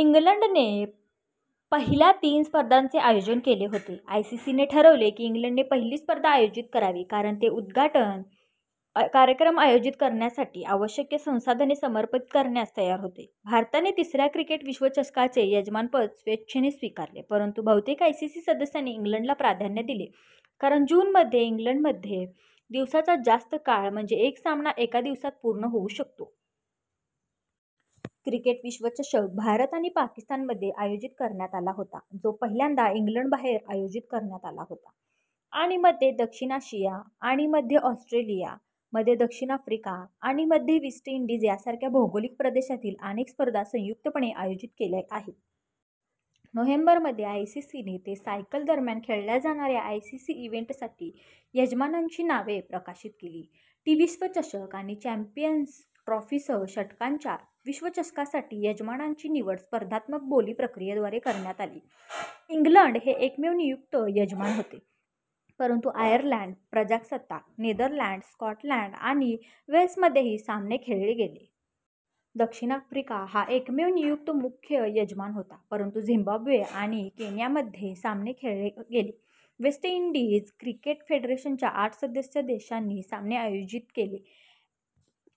इंग्लंडने पहिल्या तीन स्पर्धांचे आयोजन केले होते. आयसीसीने ठरवले की इंग्लंडने पहिली स्पर्धा आयोजित करावी कारण ते उद्घाटन कार्यक्रम आयोजित करण्यासाठी आवश्यक संसाधने समर्पित करण्यास तयार होते. भारताने तिसऱ्या क्रिकेट विश्वचषकाचे यजमानपद स्वेच्छेने स्वीकारले, परंतु बहुतेक आयसीसी सदस्यांनी इंग्लंडला प्राधान्य दिले कारण जूनमध्ये इंग्लंडमध्ये दिवसाचा जास्त काळ म्हणजे एक सामना एका दिवसात पूर्ण होऊ शकतो. क्रिकेट विश्वचषक भारत आणि पाकिस्तानमध्ये आयोजित करण्यात आला होता, जो पहिल्यांदा इंग्लंडबाहेर आयोजित करण्यात आला होता., आणि मध्ये दक्षिण आशिया, आणि मध्ये ऑस्ट्रेलिया, मध्ये दक्षिण आफ्रिका आणि मध्ये वेस्ट इंडीज यासारख्या भौगोलिक प्रदेशातील अनेक स्पर्धा संयुक्तपणे आयोजित केल्या गेल्या आहेत. नोव्हेंबर मध्ये, आयसीसी ने ते सायकल दरम्यान खेळल्या जाणाऱ्या आयसीसी इव्हेंटसाठी यजमानांची नावे प्रकाशित केली. टी- विश्वचषक आणि चॅम्पियन्स ट्रॉफीसह षटकांच्या विश्वचषकासाठी यजमानांची निवड स्पर्धात्मक बोली प्रक्रियेद्वारे करण्यात आली. ^ इंग्लंड हे एकमेव नियुक्त यजमान होते, परंतु आयर्लंड प्रजासत्ताक, नेदरलँड्स, स्कॉटलंड आणि वेल्समध्येही सामने खेळले गेले. ^ दक्षिण आफ्रिका हा एकमेव नियुक्त मुख्य यजमान होता, परंतु झिम्बाब्वे आणि केन्यामध्येही सामने खेळले गेले. ^ वेस्ट इंडीझ क्रिकेट फेडरेशनच्या आठ सदस्य देशांनी सामने आयोजित केले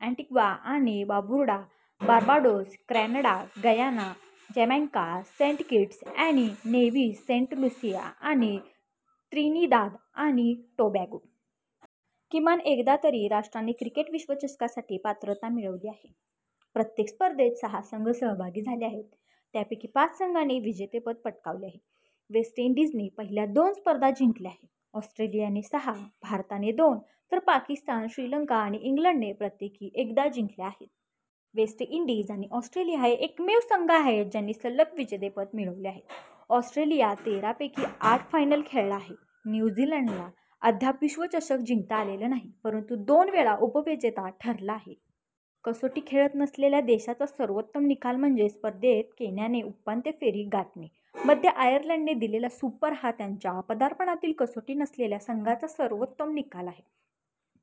अँटिग्वा आणि Barbuda, Barbados, Grenada, Guyana, Jamaica, Saint Kitts आणि नेव्हिस, सेंट लुसिया आणि त्रिनिदाद आणि टोबॅगो. किमान एकदा तरी राष्ट्रांनी क्रिकेट विश्वचषकासाठी पात्रता मिळवली आहे. प्रत्येक स्पर्धेत सहा संघ सहभागी झाले आहेत, त्यापैकी पाच संघांनी विजेतेपद पटकावले आहे. वेस्ट इंडीजने पहिल्या दोन स्पर्धा जिंकल्या आहेत, ऑस्ट्रेलियाने सहा, भारताने दोन, तर पाकिस्तान, श्रीलंका आणि इंग्लंडने प्रत्येकी एकदा जिंकल्या आहेत. वेस्ट इंडीज आणि ऑस्ट्रेलिया हे एकमेव संघ आहेत ज्यांनी सलग विजेतेपद मिळवले आहेत. ऑस्ट्रेलिया तेरा पैकी आठ फायनल खेळला आहे. न्यू झीलंडला अद्याप विश्वचषक जिंकता आलेला नाही, परंतु दोन वेळा उपविजेता ठरला आहे. कसोटी खेळत नसलेल्या देशाचा सर्वोत्तम निकाल म्हणजे स्पर्धेत केन्याने उपांत्य फेरी गाठणे; मध्ये आयर्लंडने दिलेला सुपर हा त्यांच्या पदार्पणातील कसोटी नसलेल्या संघाचा सर्वोत्तम निकाल आहे.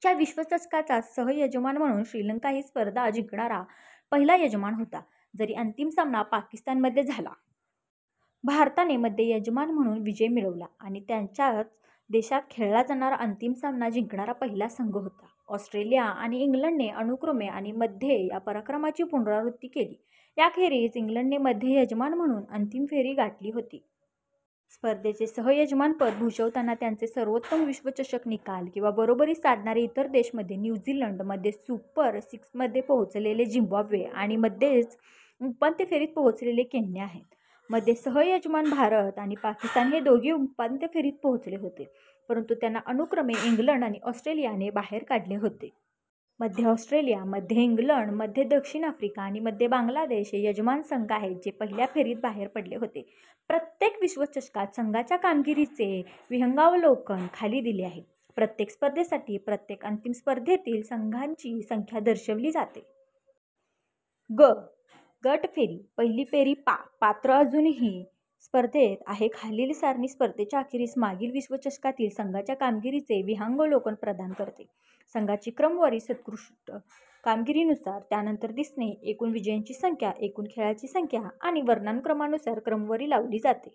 च्या विश्वचषकाचा सह-यजमान म्हणून श्रीलंका ही स्पर्धा जिंकणारा पहिला यजमान होता, जरी अंतिम सामना पाकिस्तानमध्ये झाला. भारताने मध्ये यजमान म्हणून विजय मिळवला आणि त्यांच्याच देशात खेळला जाणारा अंतिम सामना जिंकणारा पहिला संघ होता. ऑस्ट्रेलिया आणि इंग्लंडने अनुक्रमे आणि मध्ये या पराक्रमाची पुनरावृत्ती केली. याखेरीज इंग्लंडने मध्ये यजमान म्हणून अंतिम फेरी गाठली होती. स्पर्धेचे सह-यजमानपद भूषवताना त्यांचे सर्वोत्तम विश्वचषक निकाल किंवा बरोबरी साधणारे इतर देश मध्ये न्यू झीलंड, मध्ये सुपर सिक्समध्ये पोहोचलेले झिम्बाब्वे आणि मध्येच उपांत्य फेरीत पोहोचलेले केन्या आहेत. मध्ये सह-यजमान भारत आणि पाकिस्तान हे दोघेही उपांत्य फेरीत पोहोचले होते, परंतु त्यांना अनुक्रमे इंग्लंड आणि ऑस्ट्रेलियाने बाहेर काढले होते. मध्ये ऑस्ट्रेलिया, मध्ये इंग्लंड, मध्ये दक्षिण आफ्रिका आणि मध्ये बांगलादेश हे यजमान संघ आहेत जे पहिल्या फेरीत बाहेर पडले होते. प्रत्येक विश्वचषकात संघांच्या कामगिरीचे विहंगावलोकन खाली दिले आहे. प्रत्येक स्पर्धेसाठी, प्रत्येक अंतिम स्पर्धेतील संघांची संख्या दर्शविली जाते. ग – गट फेरी / पहिली फेरी पा – पात्र, अजूनही स्पर्धेत आहे खालील सारणी स्पर्धेच्या अखेरीस मागील विश्वचषकातील संघांच्या कामगिरीचे विहंगावलोकन प्रदान करते. संघांची क्रमवारी सर्वोत्कृष्ट कामगिरीनुसार, त्यानंतर दिसणे, एकूण विजयांची संख्या, एकूण खेळांची संख्या आणि वर्णक्रमानुसार क्रमवारी लावली जाते.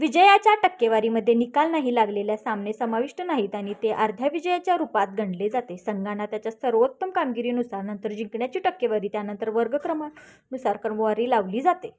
विजयाच्या टक्केवारीमध्ये निकाल नाही लागल्याला सामने समाविष्ट नाहीत आणि ते अर्ध्या विजयाच्या रूपात गणले जाते. संघांना त्यांच्या सर्वोत्तम कामगिरीनुसार, नंतर जिंकण्याची टक्केवारी, त्यानंतर वर्णक्रमानुसार क्रमवारी लावली जाते.